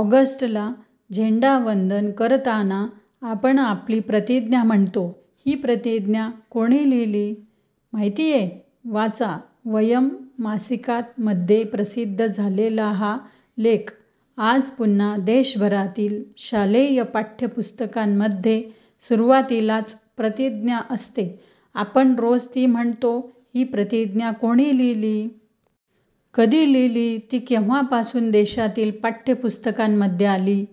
ऑगस्टला झेंडावंदन करताना आपण आपली प्रतिज्ञा म्हणतो. ही प्रतिज्ञा कोणी लिहिली, माहितीये? वाचा, वयम् मासिकात मध्ये प्रसिद्ध झालेला हा लेख, आज पुन्हा! देशभरातील शालेय पाठ्यपुस्तकांमध्ये सुरुवातीलाच ''''प्रतिज्ञा' असते. आपण रोज ती म्हणतो. ही प्रतिज्ञा कोणी लिहिली? कधी लिहिली? ती केव्हापासून देशातील पाठ्यपुस्तकांमध्ये आली?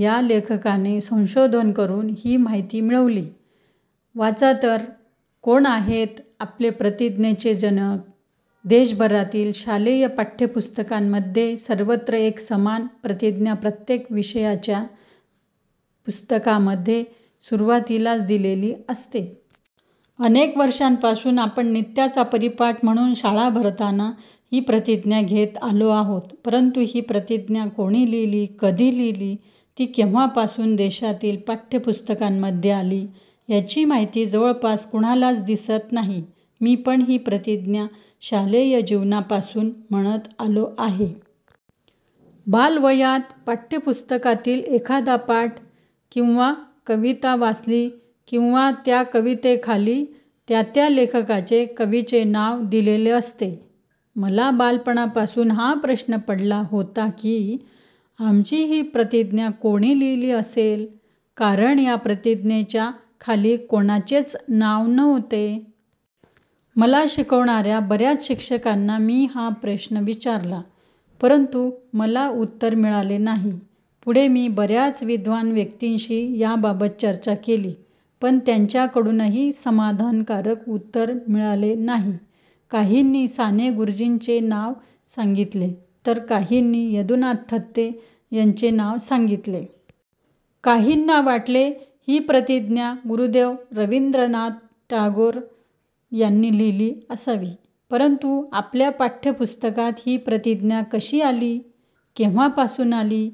या लेखकाने संशोधन करून ही माहिती मिळवली. वाचा तर, कोण आहेत आपल्या प्रतिज्ञेचे जनक! देशभरातील शालेय पाठ्यपुस्तकांमध्ये सर्वत्र एक समान प्रतिज्ञा प्रत्येक विषयाच्या पुस्तकामध्ये सुरुवातीलाच दिलेली असते. अनेक वर्षांपासून आपण नित्याचा परिपाठ म्हणून शाळा भरताना ही प्रतिज्ञा घेत आलो आहोत. परंतु ही प्रतिज्ञा कोणी लिहिली? कधी लिहिली? ती केव्हापासून देशातील पाठ्यपुस्तकांमध्ये आली? याची माहिती जवळपास कुणालाच दिसत नाही. मी पण ही प्रतिज्ञा शालेय जीवनापासून म्हणत आलो आहे. बालवयात पाठ्यपुस्तकातील एखादा पाठ किंवा कविता वाचली किंवा त्या कवितेखाली त्या त्या लेखकाचे, कवीचे नाव दिलेले असते. मला बालपणापासून हा प्रश्न पडला होता की, आमची ही प्रतिज्ञा कोणी लिहिली असेल? कारण या प्रतिज्ञेच्या खाली कोणाचेच नाव नव्हते. मला शिकवणाऱ्या बऱ्या च शिक्षकांना मी हा प्रश्न विचारला, परंतु मला उत्तर मिळाले नाही. पुढे मी बऱ्याच विद्वान व्यक्तींशी याबाबत चर्चा केली, पण त्यांच्याकडूनही समाधानकारक उत्तर मिळाले नाही. काहींनी साने गुरुजींचे नाव सांगितले, तर काहींनी यदुनाथ थत्ते यांचे नाव सांगितले. काहींना वाटले, ही प्रतिज्ञा गुरुदेव रवींद्रनाथ टागोर यांनी लिहिली असावी. परंतु आपल्या पाठ्यपुस्तकात ही प्रतिज्ञा कशी आली? केव्हापासून आली?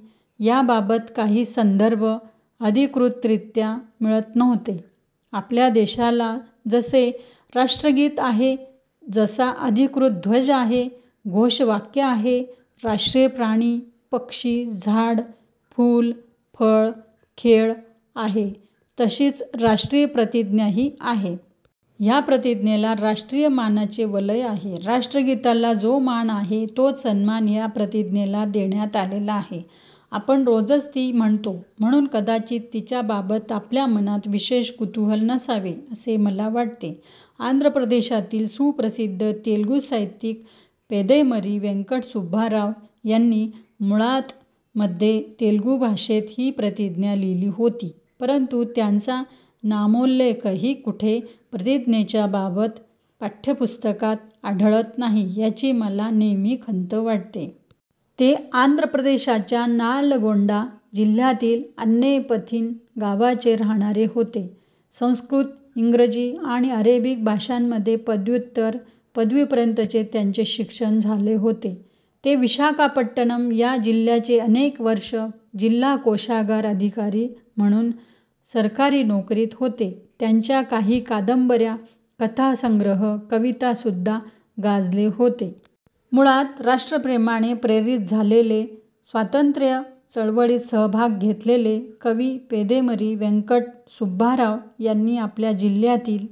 याबाबत काही संदर्भ अधिकृतरित्या मिळत नव्हते. आपल्या देशाला जसे राष्ट्रगीत आहे, जसा अधिकृत ध्वज आहे, घोषवाक्य आहे, राष्ट्रीय प्राणी, पक्षी, झाड, फूल, फळ, खेळ आहे तशीच राष्ट्रीय प्रतिज्ञाही आहे. या प्रतिज्ञेला राष्ट्रीय मानाचे वलय आहे. राष्ट्रगीताला जो मान आहे तोच सन्मान या प्रतिज्ञेला देण्यात आलेला आहे. आपण रोजच ती म्हणतो, म्हणून कदाचित तिच्याबाबत आपल्या मनात विशेष कुतूहल नसावे असे मला वाटते. आंध्रप्रदेशातील सुप्रसिद्ध तेलगू साहित्यिक पेदेमरी व्यंकट सुब्बाराव यांनी मुळात मध्ये तेलगू भाषेत ही प्रतिज्ञा लिहिली होती, परंतु त्यांचा नामोल्लेखही कुठे प्रतिज्ञेच्याबाबत पाठ्यपुस्तकात आढळत नाही, याची मला नेहमी खंत वाटते. ते आंध्रप्रदेशच्या नालगोंडा जिल्ह्यातील अन्नेपथीं गावचे राहणारे होते. संस्कृत, इंग्रजी आणि अरेबिक भाषांमध्ये पदव्युत्तर पदवीपर्यंतचे त्यांचे शिक्षण झाले होते. ते विशाखापट्टणम् या जिल्ह्याचे अनेक वर्षं ''''जिल्हा कोषागार अधिकारी' म्हणून सरकारी नोकरीत होते. त्यांच्या काही कादंबऱ्या, कथासंग्रह, कवितासुद्धा गाजले होते. मुळात राष्ट्रप्रेमाने प्रेरित झालेले, स्वातंत्र्य चळवळीत सहभाग घेतलेले कवी पेदेमरी व्यंकट सुब्बाराव यांनी आपल्या जिल्ह्यातील